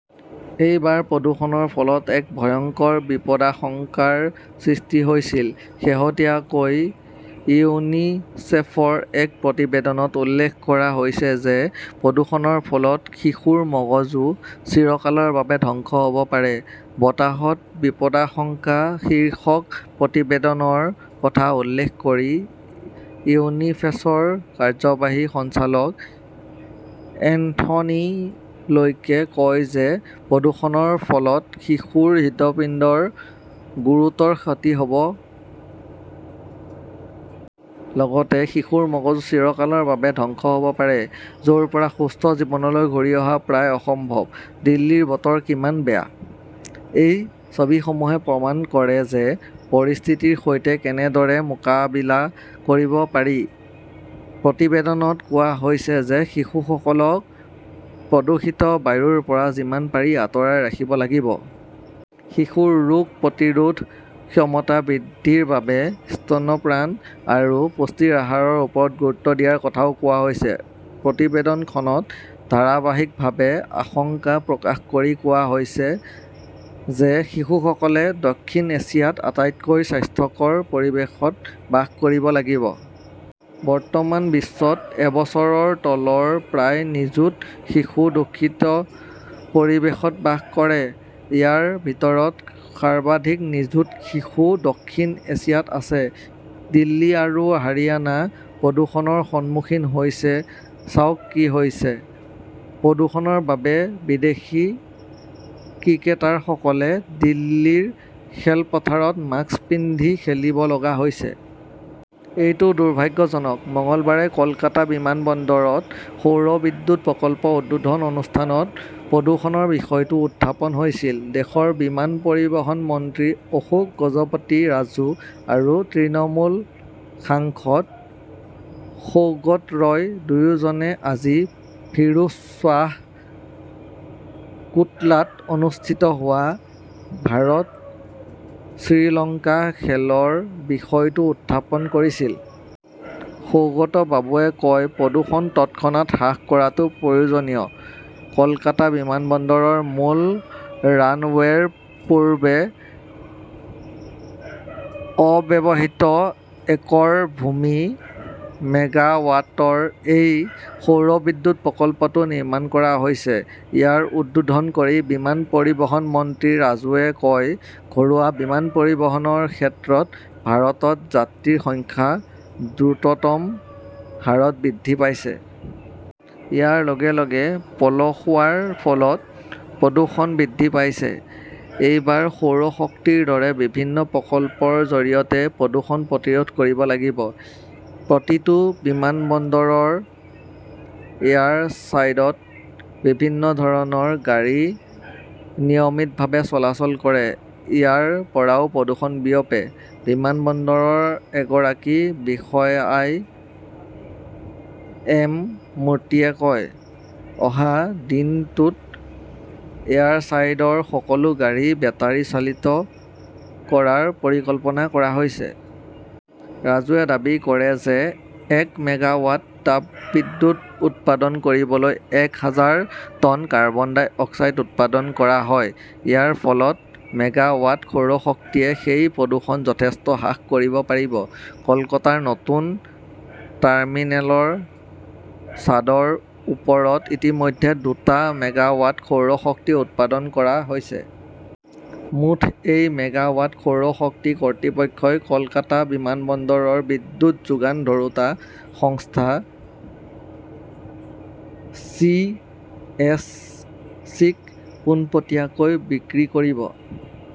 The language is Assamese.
এইবাৰ প্ৰদূষণৰ ফলত এক ভয়ংকৰ বিপদাশংকাৰ সৃষ্টি হৈছিল। শেহতীয়াকৈ ইউনিচেফৰ এক প্ৰতিবেদনত উল্লেখ কৰা হৈছে যে প্ৰদূষণৰ ফলত শিশুৰ মগজু চিৰকালৰ বাবে ধ্বংস হ 'ব পাৰে। 'বতাহত বিপদাশংকা শীৰ্ষক প্ৰতিবেদনৰ কথা উল্লেখ কৰি ইউনিফেচৰ কাৰ্যবাহী সঞ্চালক এন্থনী লেকে কয় যে প্ৰদূষণৰ ফলত শিশুৰ হৃদপিণ্ডৰ গুৰুতৰ ক্ষতি হয়। লগতে শিশুৰ মগজু চিৰকালৰ বাবে ধ্বংস হব পাৰে। য 'ৰ পৰা সুস্থ জীৱনলৈ ঘূৰি অহা প্ৰায় অসম্ভৱ। দিল্লীৰ বতৰ কিমান বেয়া? এই ছবিসমূহে প্ৰমাণ কৰে যে পৰিস্থিতিৰ সৈতে কেনেদৰে মোকাবিলা কৰিব পাৰি? প্ৰতিবেদনত কোৱা হৈছে যে শিশুসকলক প্ৰদূষিত বায়ুৰ পৰা যিমান পাৰি আঁতৰাই ৰাখিব লাগিব। শিশুৰ ৰোগ প্ৰতিৰোধ ক্ষমতা বৃদ্ধিৰ বাবে স্তনপান আৰু পুষ্টিৰ আহাৰৰ ওপৰত গুৰুত্ব দিয়াৰ কথাও কোৱা হৈছে। প্ৰতিবেদনখনত ধাৰাবাহিকভাৱে আশংকা প্ৰকাশ কৰি কোৱা হৈছে যে শিশুসকলে দক্ষিণ এছিয়াত আটাইতকৈ স্বাস্থ্যকৰ পৰিৱেশত বাস কৰিব লাগিব। বৰ্তমান বিশ্বত এবছৰৰ তলৰ প্ৰায় নিযুত শিশু দূষিত পৰিৱেশত বাস কৰে। ইয়াৰ ভিতৰত সৰ্বাধিক নিযুত শিশু দক্ষিণ এছিয়াত আছে। দিল্লী আৰু হাৰিয়ানা প্ৰদূষণৰ সন্মুখীন হৈছে চাওক কি হৈছে! প্ৰদূষণৰ বাবে বিদেশী ক্ৰিকেটাৰসকলে দিল্লীৰ খেলপথাৰত মাস্ক পিন্ধি খেলিব লগা হৈছে। এইটো দুৰ্ভাগ্যজনক! মঙলবাৰে কলকাতা বিমানবন্দৰত সৌৰ বিদ্যুৎ প্ৰকল্প উদ্বোধন অনুষ্ঠানত প্ৰদূষণৰ বিষয়টো উত্থাপন হৈছিল। দেশৰ বিমান পৰিবহণ মন্ত্ৰী অশোক গজপতি ৰাজু আৰু তৃণমূল সাংসদ সৌগত ৰয় দুয়োজনে আজি ফিৰোজ শ্বাহ কোটলাত অনুষ্ঠিত হোৱা ভাৰত-শ্ৰীলংকা খেলৰ বিষয়টো উত্থাপন কৰিছিল। সৌগতবাবুৱে কয়, প্ৰদূষণ তৎক্ষণাত হ্ৰাস কৰাটো প্ৰয়োজনীয়। কলকাতা বিমানবন্দৰৰ মূল ৰানৱেৰ পূৰ্বে অব্যৱহৃত একৰ ভূমিত মেগাৱাটৰ এই সৌৰ বিদ্যুৎ প্ৰকল্পটো নিৰ্মাণ কৰা হৈছে। ইয়াৰ উদ্বোধন কৰি বিমান পৰিবহণ মন্ত্ৰী ৰাজুৱে কয়, ঘৰুৱা বিমান পৰিবহণৰ ক্ষেত্ৰত ভাৰতত যাত্ৰীৰ সংখ্যা দ্ৰুততম হাৰত বৃদ্ধি পাইছে। ইয়াৰ লগে লগে পলসুৱাৰ ফলত প্ৰদূষণ বৃদ্ধি পাইছে। এইবাৰ সৌৰ শক্তিৰ দৰে বিভিন্ন প্ৰকল্পৰ জৰিয়তে প্ৰদূষণ প্ৰতিৰোধ কৰিব লাগিব। প্ৰতিটো বিমানবন্দৰৰ এয়াৰচাইডত বিভিন্ন ধৰণৰ গাড়ী নিয়মীয়াভাৱে চলাচল কৰে। ইয়াৰ পৰাও প্ৰদূষণ বিয়পে। বিমানবন্দৰৰ এগৰাকী বিষয়া আই এম মূৰ্তিয়ে কয়, অহা দিনটোত এয়াৰচাইডৰ সকলো গাড়ী বেটাৰি চালিত কৰাৰ পৰিকল্পনা কৰা হৈছে। ৰাজুৱে দাবী কৰে যে এক মেগাৱাট তাপবিদ্যুৎ উৎপাদন কৰিবলৈ এক হাজাৰ টন কাৰ্বন-ডাই অক্সাইড উৎপাদন কৰা হয়। ইয়াৰ ফলত মেগাৱাট সৌৰশক্তিয়ে সেই প্ৰদূষণ যথেষ্ট হ্ৰাস কৰিব পাৰিব। কলকাতাৰ নতুন টাৰ্মিনেলৰ ছাদৰ ওপৰত ইতিমধ্যে দুটা মেগাৱাট সৌৰ শক্তি উৎপাদন কৰা হৈছে। মুঠ এই মেগাৱাট সৌৰ শক্তি কৰ্তৃপক্ষই কলকাতা বিমানবন্দৰৰ বিদ্যুৎ যোগান ধৰোঁতা সংস্থা চিইএছচিক পোনপটীয়াকৈ বিক্ৰী কৰিব।